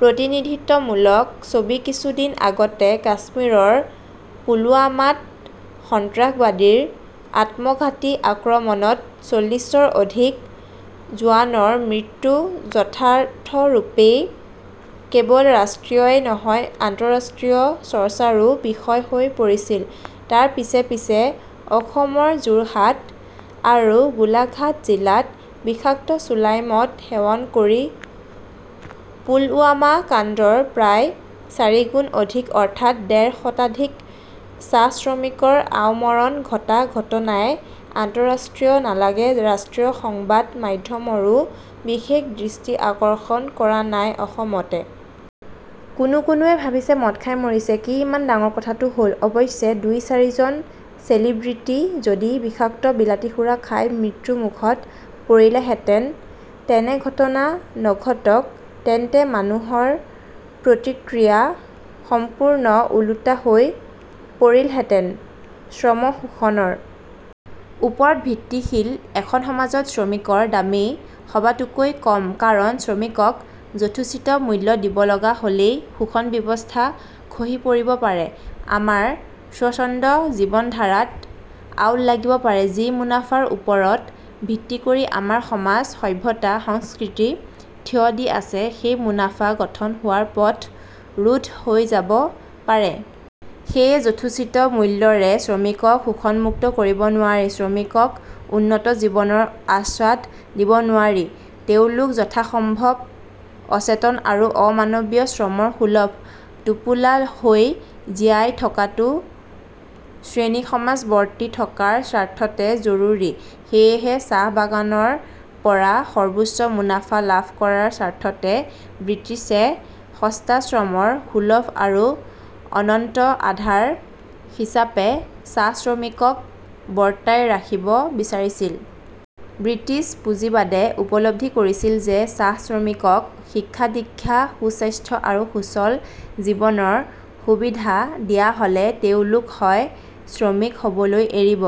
প্ৰতিনিধিত্বমূলক ছবি কিছুদিন আগতে কাশ্মীৰৰ পুলৱামাত সন্ত্ৰাসবাদীৰ আত্মঘাতী আক্ৰমণত চল্লিচৰ অধিক জোৱানৰ মৃত্যু যথাৰ্থৰূপেই কেৱল ৰাষ্ট্ৰীয়ই নহয় আন্তঃৰাষ্ট্ৰীয় চৰ্চাৰো বিষয় হৈ পৰিছিল। তাৰ পিছে পিছে অসমৰ যোৰহাট আৰু গোলাঘাট জিলাত বিষাক্ত চুলাই মদ সেৱন কৰি পুলৱামাকাণ্ডৰ প্ৰায় চাৰিগুণ অধিক অৰ্থাৎ ডেৰ শতাধিক চাহশ্ৰমিকৰ আওমৰণ ঘটা ঘটনাই আন্তঃৰাষ্ট্ৰীয় নালাগে ৰাষ্ট্ৰীয় সংবাদ মাধ্যমৰো বিশেষ দৃষ্টি আকৰ্ষণ কৰা নাই। অসমতে কোনো কোনোৱে ভাবিছে মদ খাই মৰিছে কি ইমান ডাঙৰ কথাটো হল, অৱশ্যে দুই চাৰিজন চেলিব্ৰিটী যদি বিষাক্ত বিলাতী সুৰা খাই মৃত্যুমুখত পৰিলেহেঁতেন, তেনে ঘটনা নঘটক তেন্তে মানুহৰ প্ৰতিক্ৰিয়া সম্পূৰ্ণ ওলোটা হৈ পৰিলহেঁতেন। শ্ৰমশোষণৰ ওপৰত ভিত্তিশীল এখন সমাজত শ্ৰমিকৰ দামেই সবাতোকৈ কম, কাৰণ শ্ৰমিকক যথোচিত মূল্য দিব লগা হলেই শোষণব্যৱস্থা খহি পৰিব পাৰে, আমাৰ স্বচ্ছন্দ জীৱনধাৰাত আউল লাগিব পাৰে, যি মুনাফাৰ ওপৰত ভিত্তি কৰি আমাৰ সমাজ সভ্যতা সংস্কৃতি থিয় দি আছে, সেই মুনাফা গঠন হোৱাৰ পথ ৰুদ্ধ হৈ যাব পাৰে। সেয়ে যথোচিত মূল্যৰে শ্ৰমিকক শোষণমুক্ত কৰিব নোৱাৰি। শ্ৰমিকক উন্নত জীৱনৰ আস্বাদ দিব নোৱাৰি। তেওঁলোক যথাসম্ভৱ অচেতন আৰু অমানৱীয় শ্ৰমৰ সুলভ টোপোলা হৈ জীয়াই থকাটো শ্ৰেণীসমাজ বৰ্তি থকাৰ স্বাৰ্থতে জৰুৰী ।সেয়েহে চাহবাগানৰ পৰা সৰ্বোচ্চ মুনাফা লাভ কৰাৰ স্বাৰ্থতে ব্ৰিটিছে সস্তা শ্ৰমৰ সুলভ আৰু অনন্ত আধাৰ হিচাপে চাহশ্ৰমিকক বৰ্তাই ৰাখিব বিচাৰিছিল। ব্ৰিটিছ পুঁজিবাদে উপলব্ধি কৰিছিল যে চাহশ্ৰমিকক শিক্ষাদীক্ষা সুস্বাস্থ্য আৰু সুচল জীৱনৰ সুবিধা দিয়া হলে তেওঁলোক হয় শ্ৰমিক হবলৈ এৰিব,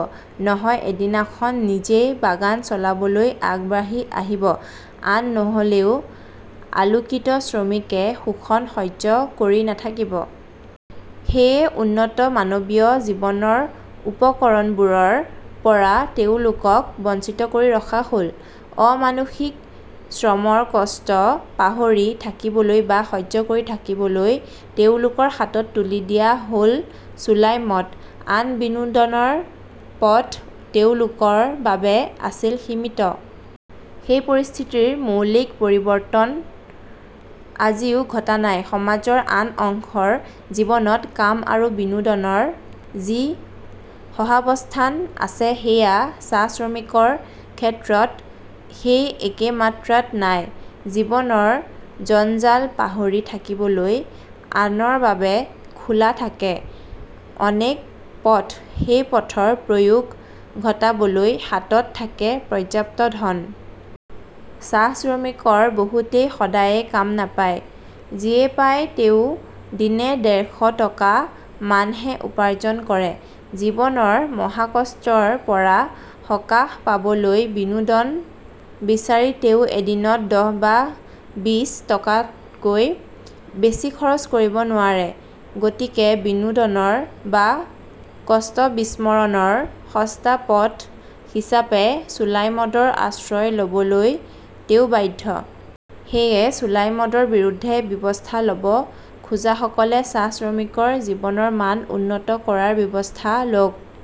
নহয় এদিনাখন নিজেই বাগান চলাবলৈ আগ বাঢ়ি আহিব ,আন নহলেও আলোকিত শ্ৰমিকে শোষণ সহ্য কৰি নাথাকিব। সেয়ে উন্নত মানৱীয় জীৱনৰ উপকৰণবোৰৰ পৰা তেওঁলোকক বঞ্চিত কৰি ৰখা হ'ল। অমানুষিক শ্ৰমৰ কষ্ট পাহৰি থাকিবলৈ বা সহ্য কৰি থাকিবলৈ তেওঁলোকৰ হাতত তুলি দিয়া হল চুলাই মদ। আন বিনোদনৰ পথ তেওঁলোকৰ বাবে আছিল সীমিত। সেই পৰিস্থিতিৰ মৌলিক পৰিৱৰ্তন আজিও ঘটা নাই, সমাজৰ আন অংশৰ জীৱনত কাম আৰু বিনোদনৰ যি সহাৱস্থান আছে সেয়া চাঽ শ্ৰমিকৰ ক্ষেত্ৰত সেই একে মাত্ৰাত নাই। জীৱনৰ জঞ্জাল পাহৰি থাকিবলৈ আনৰ বাবে খোলা থাকে অনেক পথ সেই পথৰ প্ৰয়োগ ঘটাবলৈ হাতত থাকে পৰ্যাপ্ত ধন । চাহশ্ৰমিকৰ বহুতেই সদায়ে কাম নাপায়, যিয়ে পায় তেৱোঁ দিনে ডেৰ শ টকা মানহে উপাৰ্জন কৰে। জীৱনৰ মহাকষ্টৰ পৰা সকাহ পাবলৈ বিনোদন বিচাৰি তেওঁ এদিনত দহ বা বিচ টকাতকৈ বেছি খৰচ কৰিব নোৱাৰে, গতিকে বিনোদনৰ বা কষ্টবিস্মৰণৰ সস্তা পথ হিচাপে চুলাই মদৰ আশ্ৰয় লবলৈ তেওঁ বাধ্য।‌ সেয়ে চুলাই মদৰ বিৰুদ্ধে ব্যৱস্থা লব খোজাসকলে চাহশ্ৰমিকৰ জীৱনৰ মান উন্নত কৰাৰ ব্যৱস্থা লওক ।